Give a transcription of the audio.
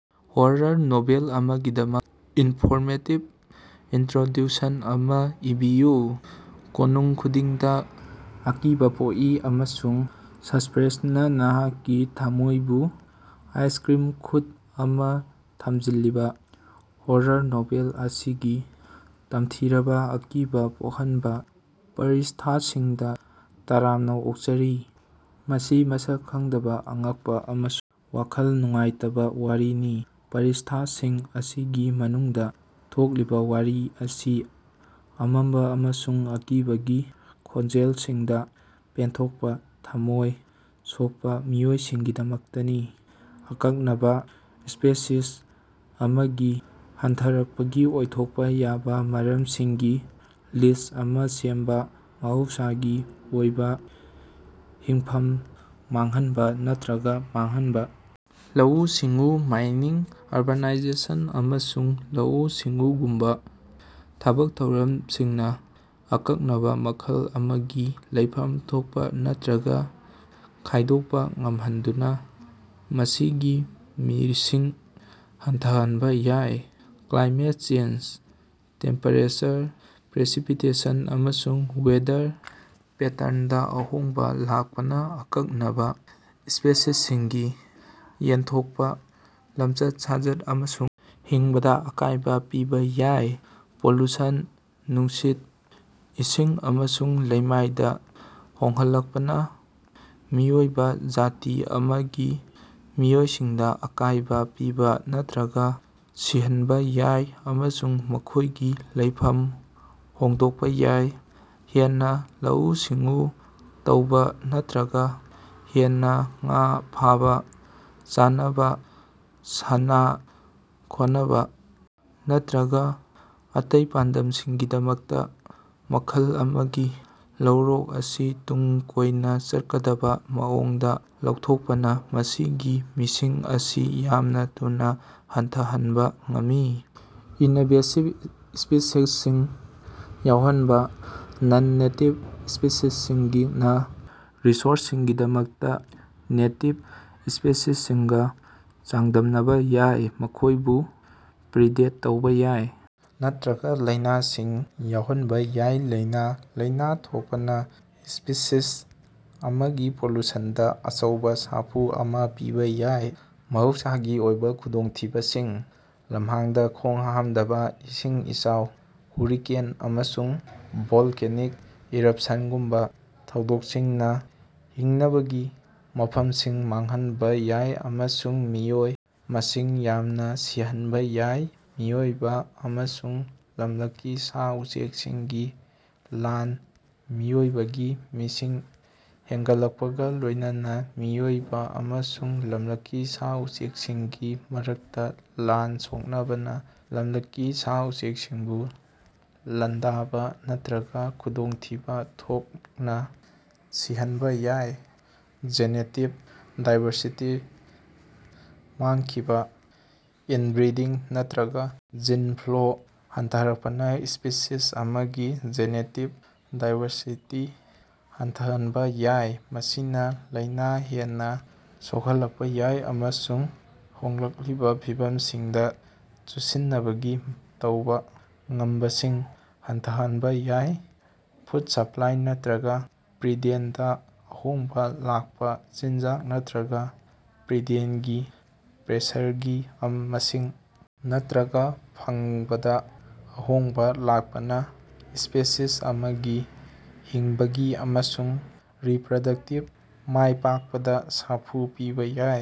Horror novel ꯑꯃꯒꯤꯗꯃꯛ informative introduction ꯑꯃ ꯏꯕꯤꯌꯨ꯫ ꯀꯣꯅꯨꯡ ꯈꯨꯗꯤꯡꯗ ꯑꯀꯤꯕ ꯄꯣꯛꯏ ꯑꯃꯁꯨꯡ ꯁꯁ꯭ꯄꯦꯟꯁꯅ ꯅꯍꯥꯛꯀꯤ ꯊꯝꯃꯣꯏꯕꯨ ꯑꯥꯏꯁꯀ꯭ꯔꯤꯝ ꯈꯨꯠ ꯑꯃꯅ ꯊꯝꯖꯤꯜꯂꯤꯕ ꯍꯣꯔꯔ ꯅꯣꯚꯦꯜ ꯑꯁꯤꯒꯤ ꯇꯝꯊꯤꯔꯕꯥ ꯑꯀꯤꯕ ꯄꯣꯛꯍꯟꯕ ꯄ꯭ꯔ꯭ꯏꯁ꯭ꯊꯥꯁꯤꯡꯗꯥ ꯇꯔꯥꯝꯅꯥ ꯑꯣꯛꯆꯔꯤ꯫ ꯃꯁꯤ ꯃꯁꯛ ꯈꯪꯗꯕ ꯑꯉꯛꯄ ꯑꯃꯁꯨꯡ ꯋꯥꯈꯜ ꯅꯨꯡꯉꯥꯏꯇꯕ ꯋꯥꯔꯤꯅꯤ꯫ ꯄ꯭ꯔ꯭ꯏꯁ꯭ꯊꯥꯁꯤꯡ ꯑꯁꯤꯒꯤ ꯃꯅꯨꯡꯗ ꯊꯣꯛꯂꯤꯕ ꯋꯥꯔꯤ ꯑꯁꯤ ꯑꯃꯝꯕ ꯑꯃꯁꯨꯡ ꯑꯀꯤꯕꯒꯤ ꯈꯣꯟꯖꯦꯜꯁꯤꯡꯗ ꯄꯦꯟꯊꯣꯛꯄ ꯊꯝꯃꯣꯏ ꯁꯣꯛꯄ ꯃꯤꯑꯣꯏꯁꯤꯡꯒꯤꯗꯃꯛꯇꯅꯤ꯫ ꯑꯀꯛꯅꯕꯥ ꯁ꯭ꯄꯦꯁꯤꯁ ꯑꯃꯒꯤ ꯍꯟꯊꯔꯛꯄꯒꯤ ꯑꯣꯏꯊꯣꯛꯄ ꯌꯥꯕ ꯃꯔꯝꯁꯤꯡꯒꯤ ꯂꯤꯁ꯭ꯠ ꯑꯃ ꯁꯦꯝꯕ꯫ ꯃꯍꯧꯁꯥꯒꯤ ꯑꯣꯏꯕ ꯍꯤꯡꯐꯝ ꯃꯥꯡꯍꯟꯕ ꯅꯠꯇ꯭ꯔꯒ ꯃꯥꯡꯍꯟꯕ: ꯂꯧꯎ-ꯁꯤꯡꯎ, ꯃꯥꯏꯅꯤꯡ, ꯑꯔꯕꯥꯅꯥꯏꯖꯦꯁꯟ, ꯑꯃꯁꯨꯡ ꯂꯧꯎ-ꯁꯤꯡꯎꯒꯨꯝꯕ ꯊꯕꯛ ꯊꯧꯔꯝꯁꯤꯡꯅ ꯑꯀꯛꯅꯕ ꯃꯈꯜ ꯑꯃꯒꯤ ꯂꯩꯐꯝ ꯂꯧꯊꯣꯛꯄ ꯅꯠꯇ꯭ꯔꯒ ꯈꯥꯏꯗꯣꯛꯄ ꯉꯝꯍꯟꯗꯨꯅ ꯃꯁꯤꯒꯤ ꯃꯤꯁꯤꯡ ꯍꯟꯊꯍꯟꯕ ꯌꯥꯏ꯫ ꯀ꯭ꯂꯥꯏꯃꯦꯠ ꯆꯦꯟꯖ: ꯇꯦꯝꯄꯦꯔꯦꯆꯔ, ꯄ꯭ꯔꯦꯁꯤꯄꯤꯇꯦꯁꯟ ꯑꯃꯁꯨꯡ ꯋꯦꯗꯔ ꯄꯦꯇꯔꯟꯗ ꯑꯍꯣꯡꯕ ꯂꯥꯛꯄꯅ ꯑꯀꯛꯅꯕ ꯁ꯭ꯄꯦꯁꯤꯁꯁꯤꯡꯒꯤ ꯌꯦꯟꯊꯣꯛꯄ, ꯂꯝꯆꯠ-ꯁꯥꯖꯠ ꯑꯃꯁꯨꯡ ꯍꯤꯡꯕꯗ ꯑꯀꯥꯏꯕ ꯄꯤꯕ ꯌꯥꯏ꯫ ꯄꯣꯂꯨꯁꯟ: ꯅꯨꯡꯁꯤꯠ, ꯏꯁꯤꯡ ꯑꯃꯁꯨꯡ ꯂꯩꯃꯥꯏꯗ ꯁꯣꯛꯍꯜꯂꯛꯄꯅ ꯃꯤꯑꯣꯏꯕ ꯖꯥꯇꯤ ꯑꯃꯒꯤ ꯃꯤꯑꯣꯏꯁꯤꯡꯗ ꯑꯀꯥꯏꯕ ꯄꯤꯕ ꯅꯠꯇ꯭ꯔꯒ ꯁꯤꯍꯟꯕ ꯌꯥꯏ ꯑꯃꯁꯨꯡ ꯃꯈꯣꯏꯒꯤ ꯂꯩꯐꯝ ꯍꯣꯡꯗꯣꯛꯄ ꯌꯥꯏ꯫ ꯍꯦꯟꯅ ꯂꯧꯎ-ꯁꯤꯡꯎ ꯇꯧꯕ ꯅꯠꯇ꯭ꯔꯒ ꯍꯦꯟꯅ ꯉꯥ ꯐꯥꯕ: ꯆꯥꯅꯕ, ꯁꯥꯟꯅ-ꯈꯣꯠꯅꯕ ꯅꯠꯇ꯭ꯔꯒ ꯑꯇꯩ ꯄꯥꯟꯗꯝꯁꯤꯡꯒꯤꯗꯃꯛꯇ ꯃꯈꯜ ꯑꯃꯒꯤ ꯂꯧꯔꯣꯛ ꯑꯁꯤ ꯇꯨꯡ ꯀꯣꯏꯅ ꯆꯠꯀꯗꯕ ꯃꯑꯣꯡꯗ ꯂꯧꯊꯣꯛꯄꯅ ꯃꯁꯤꯒꯤ ꯃꯤꯁꯤꯡ ꯑꯁꯤ ꯌꯥꯝꯅ ꯊꯨꯅ ꯍꯟꯊꯍꯟꯕ ꯉꯝꯃꯤ꯫ ꯏꯅꯚꯦꯁꯤꯕ ꯁ꯭ꯄꯦꯁꯤꯁꯁꯤꯡ ꯌꯥꯎꯍꯟꯕ: ꯅꯟ-ꯅꯦꯇꯤꯕ ꯁ꯭ꯄꯦꯁꯤꯁꯁꯤꯡꯅ ꯔꯤꯁꯣꯔꯁꯁꯤꯡꯒꯤꯗꯃꯛꯇ ꯅꯦꯇꯤꯕ ꯁ꯭ꯄꯦꯁꯤꯁꯁꯤꯡꯒ ꯆꯥꯡꯗꯝꯅꯕ ꯌꯥꯏ,꯫ ꯃꯈꯣꯏꯕꯨ ꯄ꯭ꯔꯤꯗꯦꯠ ꯇꯧꯕ ꯌꯥꯏ ꯅꯠꯇ꯭ꯔꯒ ꯂꯥꯏꯅꯥꯁꯤꯡ ꯌꯥꯎꯍꯟꯕ ꯌꯥꯏ꯫ ꯂꯥꯏꯅꯥ: ꯂꯥꯏꯅꯥ ꯊꯣꯛꯄꯅ ꯁ꯭ꯄꯤꯁꯤꯁ ꯑꯃꯒꯤ ꯄꯣꯂꯨꯁꯟꯗ ꯑꯆꯧꯕ ꯁꯥꯐꯨ ꯑꯃ ꯄꯤꯕ ꯌꯥꯏ꯫ ꯃꯍꯧꯁꯥꯒꯤ ꯑꯣꯏꯕ ꯈꯨꯗꯣꯡꯊꯤꯕꯁꯤꯡ: ꯂꯝꯍꯥꯡꯗ ꯈꯣꯡꯍꯥꯝꯗꯕ, ꯏꯁꯤꯡ ꯏꯆꯥꯎ, ꯍꯨꯔꯤꯀꯦꯟ, ꯑꯃꯁꯨꯡ ꯚꯣꯂꯀꯦꯅꯤꯛ ꯏꯔꯄꯁꯅꯒꯨꯝꯕꯥ ꯊꯧꯗꯣꯛꯁꯤꯡꯅ ꯍꯤꯡꯅꯕꯒꯤ ꯃꯐꯝꯁꯤꯡ ꯃꯥꯡꯍꯟꯕ ꯌꯥꯏ ꯑꯃꯁꯨꯡ ꯃꯤꯑꯣꯏ ꯃꯁꯤꯡ ꯌꯥꯝꯅ ꯁꯤꯍꯟꯕ ꯌꯥꯏ꯫ ꯃꯤꯑꯣꯏꯕ ꯑꯃꯁꯨꯡ ꯂꯝꯂꯛꯀꯤ ꯁꯥ-ꯎꯆꯦꯛꯁꯤꯡꯒꯤ ꯂꯥꯟ: ꯃꯤꯑꯣꯏꯕꯒꯤ ꯃꯤꯁꯤꯡ ꯍꯦꯅꯒꯠꯂꯛꯄꯒ ꯂꯣꯏꯅꯅ ꯃꯤꯑꯣꯏꯕ ꯑꯃꯁꯨꯡ ꯂꯝꯂꯛꯀꯤ ꯁꯥ-ꯎꯆꯦꯛꯁꯤꯡꯒꯤ ꯃꯔꯛꯇ ꯂꯥꯟ ꯁꯣꯛꯅꯕꯅ ꯂꯝꯂꯛꯀꯤ ꯁꯥ-ꯎꯆꯦꯛꯁꯤꯡꯕꯨ ꯂꯥꯟꯗꯥꯕ ꯅꯠꯇ꯭ꯔꯒ ꯈꯨꯗꯣꯡꯊꯤꯕ ꯊꯣꯛꯅ ꯁꯤꯍꯟꯕ ꯌꯥꯏ꯫ ꯖꯦꯅꯦꯇꯤꯛ ꯗꯥꯏꯕꯔꯁꯤꯇꯤ ꯃꯥꯡꯈꯤꯕꯥ: ꯏꯅꯕ꯭ꯔꯤꯗꯤꯡ ꯅꯠꯇ꯭ꯔꯒ ꯖꯤꯟ ꯐ꯭ꯂꯣ ꯍꯟꯊꯔꯛꯄꯅꯥ ꯁ꯭ꯄꯦꯁꯤꯁ ꯑꯃꯒꯤ ꯖꯦꯅꯦꯇꯤꯛ ꯗꯥꯏꯕꯔꯁꯤꯇꯤ ꯍꯟꯊꯍꯟꯕ ꯌꯥꯏ꯫ ꯃꯁꯤꯅ ꯂꯥꯏꯅ ꯍꯦꯟꯅ ꯁꯣꯛꯍꯟꯂꯛꯄ ꯌꯥꯏ ꯑꯃꯁꯨꯡ ꯍꯣꯡꯂꯛꯂꯤꯕ ꯐꯤꯚꯝꯁꯤꯡꯗ ꯆꯨꯁꯤꯟꯅꯕꯒꯤ ꯇꯧꯕ ꯉꯝꯕꯁꯤꯡ ꯍꯟꯊꯍꯟꯕ ꯌꯥꯏ꯫ ꯐꯨꯗ ꯁꯞꯂꯥꯏ ꯅꯠꯇ꯭ꯔꯒ ꯄ꯭ꯔꯤꯗꯦꯁꯟꯗ ꯑꯍꯣꯡꯕ ꯂꯥꯛꯄ: ꯆꯤꯟꯖꯥꯛ ꯅꯠꯇ꯭ꯔꯒ ꯄ꯭ꯔꯤꯗꯦꯟꯒꯤ ꯄ꯭ꯔꯦꯁꯔꯒꯤ ꯃꯁꯤꯡ ꯅꯠꯇ꯭ꯔꯒ ꯐꯪꯕꯗ ꯑꯍꯣꯡꯕ ꯂꯥꯛꯄꯅ ꯁ꯭ꯄꯦꯁꯤꯁ ꯑꯃꯒꯤ ꯍꯤꯡꯕꯒꯤ ꯑꯃꯁꯨꯡ ꯔꯤꯄꯔꯗꯛꯇꯤꯚ ꯃꯥꯏꯄꯥꯛꯄꯗ ꯁꯥꯐꯨ ꯄꯤꯕ ꯌꯥꯏ꯫